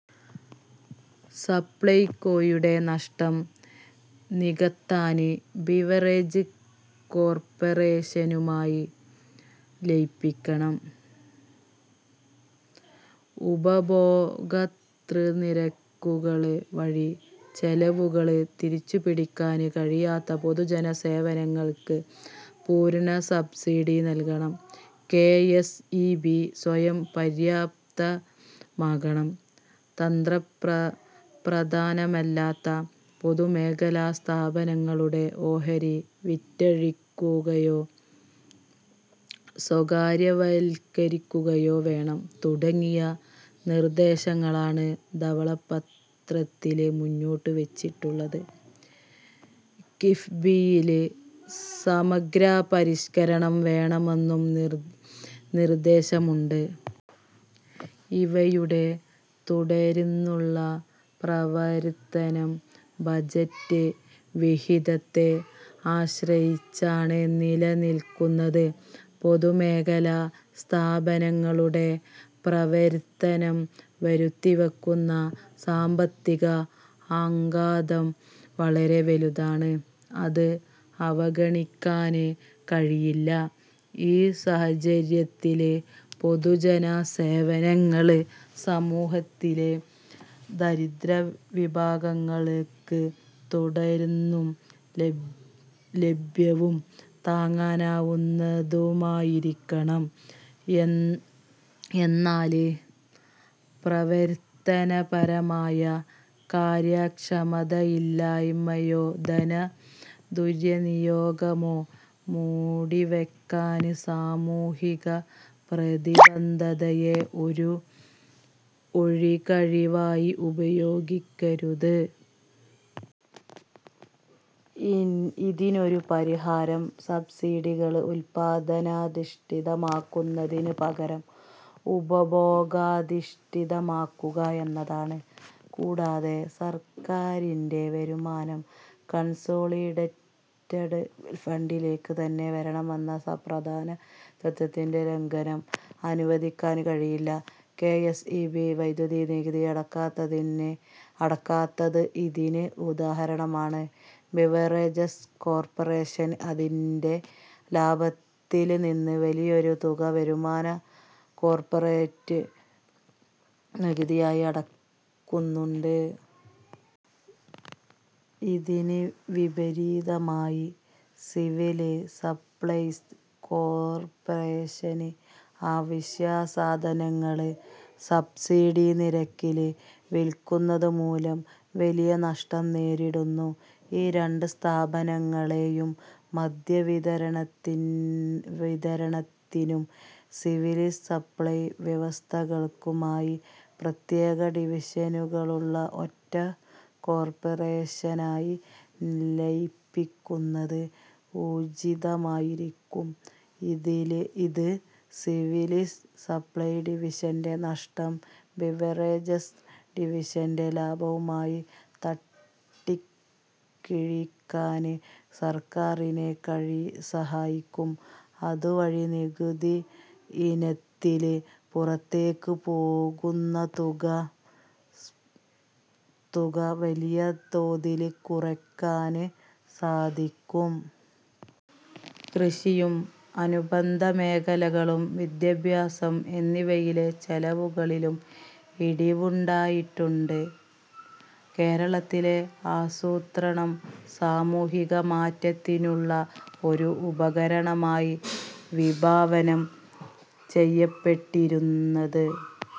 സപ്ലൈകോയുടെ നഷ്ടം നികത്താന് ബിവറേജ് കോര്പ്പറേഷനുമായി ലയിപ്പിക്കണം. ഉപഭോക്തൃ നിരക്കുകള് വഴി ചെലവുകള് തിരിച്ചുപിടിക്കാന് കഴിയാത്ത പൊതുജന സേവനങ്ങള്ക്ക് പൂര്ണ സബ്സിഡി നല്കണം, കെഎസ്ഇബി സ്വയംപര്യാപ്തമാകണം, തന്ത്രപ്രധാനമല്ലാത്ത പൊതുമേഖലാ സ്ഥാപനങ്ങളുടെ ഓഹരി വിറ്റഴിക്കുകയോ സ്വകാര്യവല്ക്കരിക്കുകയോ വേണം തുടങ്ങിയ നിര്ദേശങ്ങളാണ് ധവളപത്രത്തില് മുന്നോട്ടുവച്ചിട്ടുള്ളത്. കിഫ്ബിയില് സമഗ്ര പരിഷ്കരണം വേണമെന്നും നിര്ദേശമുണ്ട്. ഇവയുടെ തുടര്ന്നുള്ള പ്രവര്ത്തനം ബജറ്റ് വിഹിതത്തെ ആശ്രയിച്ചാണ് നിലനില്ക്കുന്നത്. പൊതുമേഖലാ സ്ഥാപനങ്ങളുടെ പ്രവര്ത്തനം വരുത്തിവെക്കുന്ന സാമ്പത്തിക ആഘാതം വളരെ വലുതാണ്, അത് അവഗണിക്കാന് കഴിയില്ല. ഈ സാഹചര്യത്തില്, പൊതുജന സേവനങ്ങള് സമൂഹത്തിലെ ദരിദ്ര വിഭാഗങ്ങള്ക്ക് തുടര്ന്നും ലഭ്യവും താങ്ങാനാവുന്നതുമായിരിക്കണം. എന്നാല്, പ്രവര്ത്തനപരമായ കാര്യക്ഷമതയില്ലായ്മയോ ധന ദുര്വിനിയോഗമോ മൂടിവെക്കാന് സാമൂഹിക പ്രതിബദ്ധതയെ ഒരു ഒഴികഴിവായി ഉപയോഗിക്കരുത്. ഇതിനൊരു പരിഹാരം, സബ്സിഡികള് ഉല്പാദനാധിഷ്ഠിതമാക്കുന്നതിന് പകരം ഉപഭോഗാധിഷ്ഠിതമാക്കുക എന്നതാണ്. കൂടാതെ, സര്ക്കാരിന്റെ വരുമാനം കണ്സോളിഡേറ്റഡ് ഫണ്ടിലേക്ക് തന്നെ വരണമെന്ന പ്രധാന തത്ത്വത്തിന്റെ ലംഘനം അനുവദിക്കാന് കഴിയില്ല. കെഎസ്ഇബി വൈദ്യുതി നികുതി അടയ്ക്കാത്തത് ഇതിന് ഉദാഹരണമാണ്. ബിവറേജസ് കോര്പ്പറേഷന് അതിന്റെ ലാഭത്തില് നിന്ന് വലിയൊരു തുക വരുമാന/ കോര്പ്പറേറ്റ് നികുതിയായി അടയ്ക്കുന്നുണ്ട്. ഇതിന് വിപരീതമായി, സിവില് സപ്ലൈസ് കോര്പ്പറേഷന് അവശ്യ സാധനങ്ങള് സബ്സിഡി നിരക്കില് വില്ക്കുന്നതുമൂലം വലിയ നഷ്ടം നേരിടുന്നു. ഈ രണ്ട് സ്ഥാപനങ്ങളെയും മദ്യവിതരണത്തിനും സിവില് സപ്ലൈസ്/ വ്യവസ്ഥകള്ക്കുമായി പ്രത്യേക ഡിവിഷനുകളുള്ള ഒറ്റ കോര്പ്പറേഷനായി ലയിപ്പിക്കുന്നത് ഉചിതമായിരിക്കും. ഇത് സിവില് സപ്ലൈസ് ഡിവിഷന്റെ നഷ്ടം ബിവറേജസ് ഡിവിഷന്റെ ലാഭവുമായി തട്ടിക്കിഴിക്കാന് സര്ക്കാരിനെ സഹായിക്കും, അതുവഴി നികുതി ഇനത്തില് പുറത്തേക്ക് പോകുന്ന തുക വലിയ തോതില് കുറയ്ക്കാന് സാധിക്കും. കൃഷിയും അനുബന്ധ മേഖലകളും, വിദ്യാഭ്യാസം എന്നിവയിലെ ചെലവുകളിലും ഇടിവുണ്ടായിട്ടുണ്ട്. കേരളത്തിലെ ആസൂത്രണം സാമൂഹിക മാറ്റത്തിനുള്ള ഒരു ഉപകരണമായാണ് വിഭാവനം ചെയ്യപ്പെട്ടിരുന്നത്.